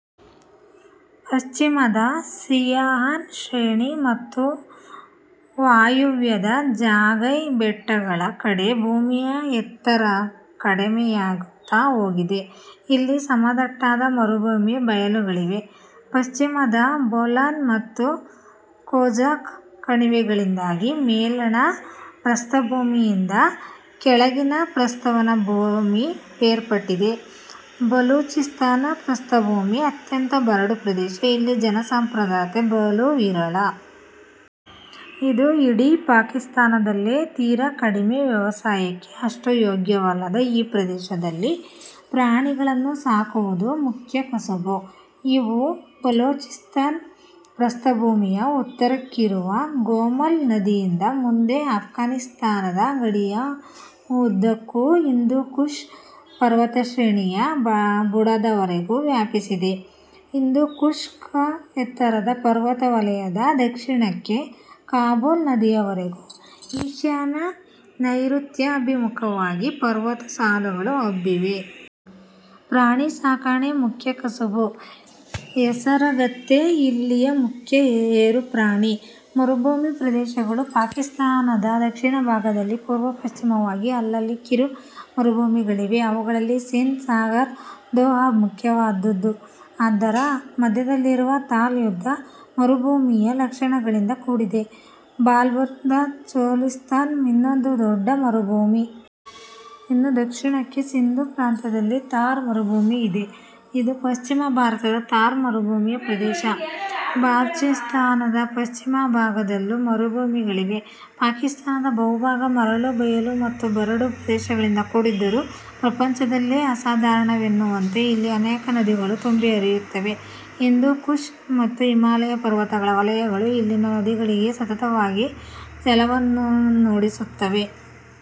ಪಶ್ಚಿಮದ ಸೀಯಾಹಾನ್ ಶ್ರೇಣಿ ಮತ್ತು ವಾಯವ್ಯದ ಜಾಗೈ ಬೆಟ್ಟಗಳ ಕಡೆ ಭೂಮಿಯ ಎತ್ತರ ಕಡಿಮೆಯಾಗುತ್ತ ಹೋಗಿದೆ. ಇಲ್ಲಿ ಸಮತಟ್ಟಾದ ಮರುಭೂಮಿ ಬಯಲುಗಳಿವೆ. ಪಶ್ಚಿಮದ ಬೋಲಾನ್ ಮತ್ತು ಖೋಜಾಕ್ ಕಣಿವೆಗಳಿಂದಾಗಿ ಮೇಲಣ ಪ್ರಸ್ಥಭೂಮಿಯಿಂದ ಕೆಳಗಿನ ಪ್ರಸ್ಥಭೂಮಿ ಬೇರ್ಪಟ್ಟಿದೆ. ಬಲೂಚಿಸ್ಥಾನ ಪ್ರಸ್ಥಭೂಮಿ ಅತ್ಯಂತ ಬರಡು ಪ್ರದೇಶ. ಇಲ್ಲಿ ಜನಸಾಂದ್ರತೆ ಬಲು ವಿರಳ. ಇದು ಇಡೀ ಪಾಕಿಸ್ತಾನದಲ್ಲೇ ತೀರ ಕಡಿಮೆ. ವ್ಯವಸಾಯಕ್ಕೆ ಅಷ್ಟು ಯೋಗ್ಯವಲ್ಲದ ಈ ಪ್ರದೇಶದಲ್ಲಿ ಪ್ರಾಣಿಗಳನ್ನು ಸಾಕುವುದು ಮುಖ್ಯ ಕಸುಬು. ಇವು ಬಲೂಚಿಸ್ತಾನ ಪ್ರಸ್ಥಭೂಮಿಯ ಉತ್ತರಕ್ಕಿರುವ ಗೋಮಲ್ ನದಿಯಿಂದ ಮುಂದೆ ಆಫ್ಘಾನಿಸ್ತಾನದ ಗಡಿಯ ಉದ್ದಕ್ಕೂ ಹಿಂದೂಕುಷ್ ಪರ್ವತಶ್ರೇಣಿಯ ಬುಡದವರೆಗೆ ವ್ಯಾಪಿಸಿದೆ. ಹಿಂದೂಕುಷ್ನ ಎತ್ತರ ಪರ್ವತ ವಲಯದ ದಕ್ಷಿಣಕ್ಕೆ ಕಾಬೂಲ್ ನದಿಯವರೆಗೂ ಈಶಾನ್ಯ-ನೈಋತ್ಯಾಭಿಮುಖವಾಗಿ ಪರ್ವತ ಸಾಲುಗಳು ಹಬ್ಬಿವೆ. ಪ್ರಾಣಿ ಸಾಕಣೆ ಮುಖ್ಯ ಕಸಬು. ಹೇಸರಗತ್ತೆ ಇಲ್ಲಿಯ ಮುಖ್ಯ ಹೇರು ಪ್ರಾಣಿ. ಮರುಭೂಮಿ ಪ್ರದೇಶಗಳು, ಪಾಕಿಸ್ತಾನದ ದಕ್ಷಿಣ ಭಾಗದಲ್ಲಿ ಪೂರ್ವ-ಪಶ್ಚಿಮವಾಗಿ ಅಲ್ಲಲ್ಲಿ ಕಿರು ಮರುಭೂಮಿಗಳಿವೆ. ಅವುಗಳಲ್ಲಿ ಸಿಂಧ್ ಸಾಗರ್ ದೋಆಬ್ ಮುಖ್ಯವಾದ್ದು. ಅದರ ಮಧ್ಯದಲ್ಲಿರುವ ಥಾಲ್ ಶುದ್ಧ ಮರುಭೂಮಿಯ ಲಕ್ಷಣಗಳಿಂದ ಕೂಡಿದೆ. ಭಾವಲ್ಪುರದ ಚೊಲಿಸ್ತಾನ ಇನ್ನೊಂದು ದೊಡ್ಡ ಮರುಭೂಮಿ. ಇನ್ನೂ ದಕ್ಷಿಣಕ್ಕೆ ಸಿಂಧ್ ಪ್ರಾಂತ್ಯದಲ್ಲಿ ಥಾರ್ ಮರುಭೂಮಿ ಇದೆ. ಇದು ಪಶ್ಚಿಮ ಭಾರತದ ಥಾರ್ ಮರುಭೂಮಿಯ ಪ್ರದೇಶ. ಬಲೂಚಿಸ್ಥಾನದ ಪಶ್ಚಿಮಭಾಗದಲ್ಲೂ ಮರುಭೂಮಿಗಳಿವೆ. ಪಾಕಿಸ್ತಾನದ ಬಹುಭಾಗ ಮರಳು ಬಯಲು ಮತ್ತು ಬರಡು ಪ್ರದೇಶದಿಂದ ಕೂಡಿದ್ದರೂ ಪ್ರಪಂಚದಲ್ಲೇ ಅಸಾಧಾರಣವೆನ್ನುವಂತೆ ಇಲ್ಲಿ ಅನೇಕ ನದಿಗಳು ತುಂಬಿ ಹರಿಯುತ್ತವೆ. ಹಿಂದೂಕುಷ್ ಮತ್ತು ಹಿಮಾಲಯ ಪರ್ವತ ವಲಯಗಳು ಇಲ್ಲಿಯ ನದಿಗಳಿಗೆ ಸತತವಾಗಿ ಜಲವನ್ನೂಡಿಸುತ್ತವೆ.